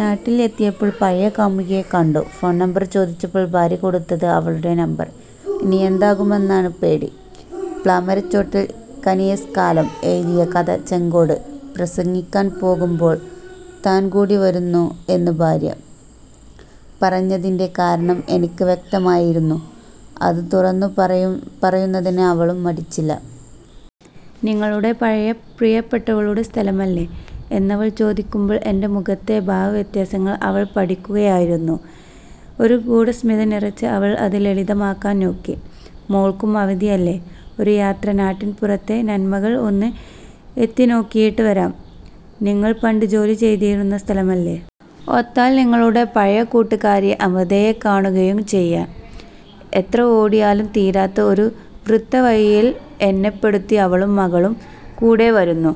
നാട്ടിലെത്തിയപ്പോൾ പഴയ കാമുകിയെ കണ്ടു; 'ഫോൺ നമ്പർ ചോദിച്ചപ്പോൾ ഭാര്യ കൊടുത്തത് അവളുടെ നമ്പർ, ഇനിയെന്താകുമെന്നാണ് പേടി' പ്ലാമരച്ചോട്ടിൽ.. കനി എസ് കലാം എഴുതിയ കഥ ചെങ്കോട് പ്രസംഗിക്കാൻ പോകുമ്പോൾ താൻ കൂടി വരുന്നു എന്ന് ഭാര്യ പറഞ്ഞതിന്റെ കാരണം എനിക്ക് വ്യക്തമായിരുന്നു. അത് തുറന്നു പറയുന്നതിന് അവളും മടിച്ചില്ല. 'നിങ്ങളുടെ പഴയ പ്രിയപ്പെട്ടവളുടെ സ്ഥലമല്ലേ' എന്നവൾ ചോദിക്കുമ്പോൾ എന്റെ മുഖത്തെ ഭാവ വ്യത്യാസങ്ങൾ അവൾ പഠിക്കുകയായിരുന്നു. ഒരു ഗൂഢസ്മിതം നിറച്ച് അവൾ അത് ലളിതമാക്കാൻ നോക്കി: "മോൾക്കും അവധിയല്ലേ. ഒരു യാത്ര.. നാട്ടിൻപുറത്തിന്റെ നന്മകൾ ഒന്ന് എത്തി നോക്കിയിട്ട് വരാം. നിങ്ങൾ പണ്ട് ജോലി ചെയ്തിരുന്ന സ്ഥലമല്ലേ. ഒത്താൽ… നിങ്ങളുടെ പഴയ കൂട്ടുകാരി അമൃതയെ കാണുകയും ചെയ്യാം. " എത്ര ഓടിയാലും തീരാത്ത ഒരു വൃത്തവഴിയിൽ എന്നെപ്പെടുത്തി അവളും മകളും കൂടെ വരുന്നു.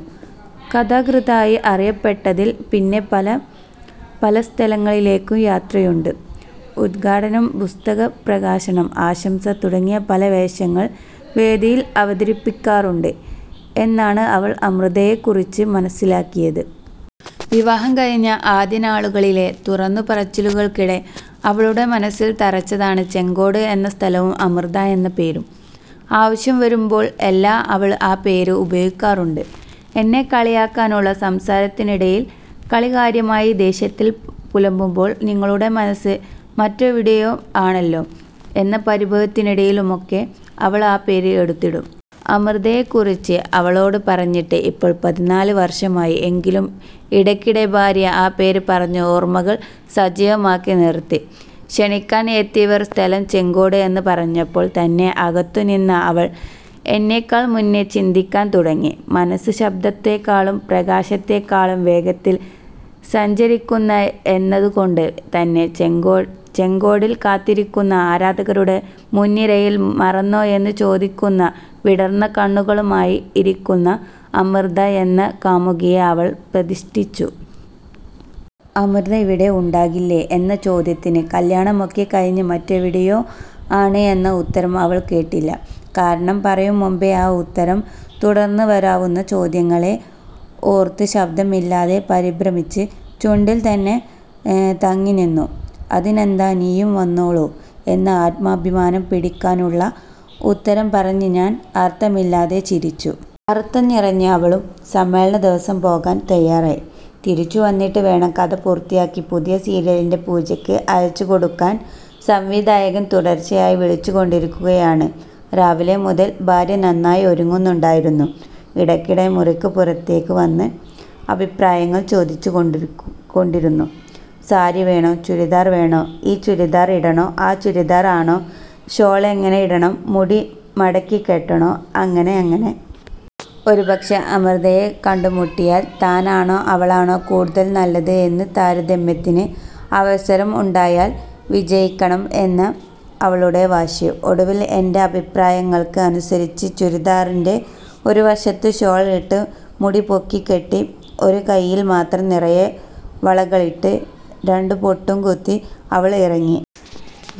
കഥാകൃത്തായി അറിയപ്പെട്ടതിൽ പിന്നെ പല സ്ഥലങ്ങളിലേക്കും യാത്രയുണ്ട്. ഉദ്ഘാടനം, പുസ്തക പ്രകാശനം, ആശംസ തുടങ്ങിയ പല വേഷങ്ങൾ വേദിയിൽ അവതരിപ്പിക്കാറുണ്ട് എന്നാണ് അവൾ അമൃതയെക്കുറിച്ച് മനസ്സിലാക്കിയത്. വിവാഹം കഴിഞ്ഞ ആദ്യ നാളുകളിലെ തുറന്നു പറച്ചിലുകൾക്കിടെ അവളുടെ മനസ്സിൽ തറച്ചതാണ് ചെങ്കോട് എന്ന സ്ഥലവും അമൃത എന്ന പേരും. ആവശ്യം വരുമ്പോൾ എല്ലാം അവൾ ആ പേര് ഉപയോഗിക്കാറുണ്ട്. എന്നെ കളിയാക്കാനുള്ള സംസാരത്തിനിടയിൽ, കളി കാര്യമായി ദേഷ്യത്തിൽ പുലമ്പുമ്പോൾ, നിങ്ങളുടെ മനസ്സ് മറ്റെവിടെയോ ആണല്ലോ എന്ന പരിഭവത്തിനിടയിലുമൊക്കെ അവൾ ആ പേര് എടുത്തിടും. അമൃതയെക്കുറിച്ച് അവളോട് പറഞ്ഞിട്ട് ഇപ്പോൾ പതിനാല് വർഷമായി. എങ്കിലും ഇടക്കിടെ ഭാര്യ ആ പേര് പറഞ്ഞ് ഓർമകൾ സജീവമാക്കി നിർത്തി. ക്ഷണിക്കാൻ എത്തിയവർ സ്ഥലം ചെങ്കോട് എന്ന് പറഞ്ഞപ്പോൾ തന്നെ അകത്തുനിന്ന അവൾ എന്നെക്കാൾ മുന്നേ ചിന്തിക്കാൻ തുടങ്ങി. മനസ്സ് ശബ്ദത്തേക്കാളും പ്രകാശത്തേക്കാളും വേഗത്തിൽ സഞ്ചരിക്കുന്നു എന്നതുകൊണ്ട് തന്നെ, ചെങ്കോടിൽ കാത്തിരിക്കുന്ന ആരാധകരുടെ മുൻനിരയിൽ, 'മറന്നോ' എന്ന് ചോദിക്കുന്ന വിടർന്ന കണ്ണുകളുമായി ഇരിക്കുന്ന അമൃത എന്ന കാമുകിയെ അവൾ പ്രതിഷ്ഠിച്ചു. 'അമൃത അവിടെ ഉണ്ടാകില്ലേ' എന്ന ചോദ്യത്തിന് കല്യാണമൊക്കെ കഴിഞ്ഞ് മറ്റെവിടെയോ ആണ്' എന്ന ഉത്തരം അവൾ കേട്ടില്ല. കാരണം, പറയും മുമ്പ് ആ ഉത്തരം തുടർന്ന് വരാവുന്ന ചോദ്യങ്ങളെ ഓർത്ത് ശബ്ദം ഇല്ലാതെ പരിഭ്രമിച്ച് ചുണ്ടിൽ തന്നെ തങ്ങിനിന്നു. 'അതിനെന്താ നീയും വന്നോളൂ' എന്ന് ആത്മാഭിമാനം പിടിക്കാനുള്ള ഉത്തരം പറഞ്ഞ് ഞാൻ അർഥമില്ലാതെ ചിരിച്ചു. അർഥം നിറഞ്ഞ് അവളും. സമ്മേളന ദിവസം പോകാൻ തയാറായി. തിരിച്ചു വന്നിട്ട് വേണം കഥ പൂർത്തിയാക്കി പുതിയ സീരിയലിന്റെ പൂജയ്ക്ക് അയച്ചുകൊടുക്കാൻ. സംവിധായകൻ തുടർച്ചയായി വിളിച്ചുകൊണ്ടിരിക്കുകയാണ്. രാവിലെ മുതൽ ഭാര്യ നന്നായി ഒരുങ്ങുന്നുണ്ടായിരുന്നു. ഇടക്കിടെ മുറിക്ക് പുറത്തേക്ക് വന്ന് അഭിപ്രായങ്ങൾ ചോദിച്ചു കൊണ്ടിരുന്നു. 'സാരി വേണോ ചുരിദാർ വേണോ, ഈ ചുരിദാർ ആണോ ആ ചുരിദാർ ആണോ, ഷോൾ എങ്ങനെ ഇടണം, മുടി മടക്കി കെട്ടണോ' അങ്ങനെ അങ്ങനെ. ഒരുപക്ഷേ അമൃതയെ കണ്ടുമുട്ടിയാൽ, താനാണോ അവളാണോ കൂടുതൽ നല്ലത് എന്ന് ഒരു താരതമ്യത്തിന് അവസരം ഉണ്ടായാൽ വിജയിയാകണം എന്ന അവളുടെ വാശി. ഒടുവിൽ എന്റെ അഭിപ്രായങ്ങൾക്ക് അനുസരിച്ച് ചുരിദാറിന്റെ ഒരു വശത്ത് ഷാൾ ഇട്ട്, മുടി പൊക്കി കെട്ടി, ഒരു കൈയിൽ മാത്രം നിറയെ വളകളിട്ട്, രണ്ട് പൊട്ടും കുത്തി അവൾ ഇറങ്ങി.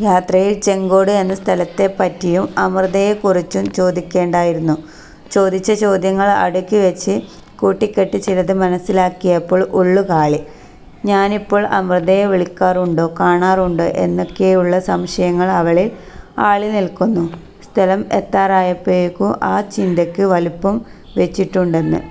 യാത്രയിൽ ചെങ്കോട് എന്ന സ്ഥലത്തെപ്പറ്റിയും അമൃതയെക്കുറിച്ചും ചോദിച്ചുകൊണ്ടേയിരുന്നു. ചോദിച്ച ചോദ്യങ്ങൾ അടുക്കിവച്ച് കൂട്ടിക്കെട്ടി ചിലത് മനസ്സിലാക്കിയപ്പോൾ ഉള്ളുകാളി. ഞാനിപ്പോഴും അമൃതയെ വിളിക്കാറുണ്ടോ കാണാറുണ്ടോ എന്നൊക്കെയുള്ള സംശയങ്ങൾ അവളിൽ ആളി നിൽക്കുന്നു. സ്ഥലം എത്താറായപ്പോഴേക്കും ആ ചിന്തയ്ക്ക് വലുപ്പം വച്ചിട്ടുണ്ടെന്ന്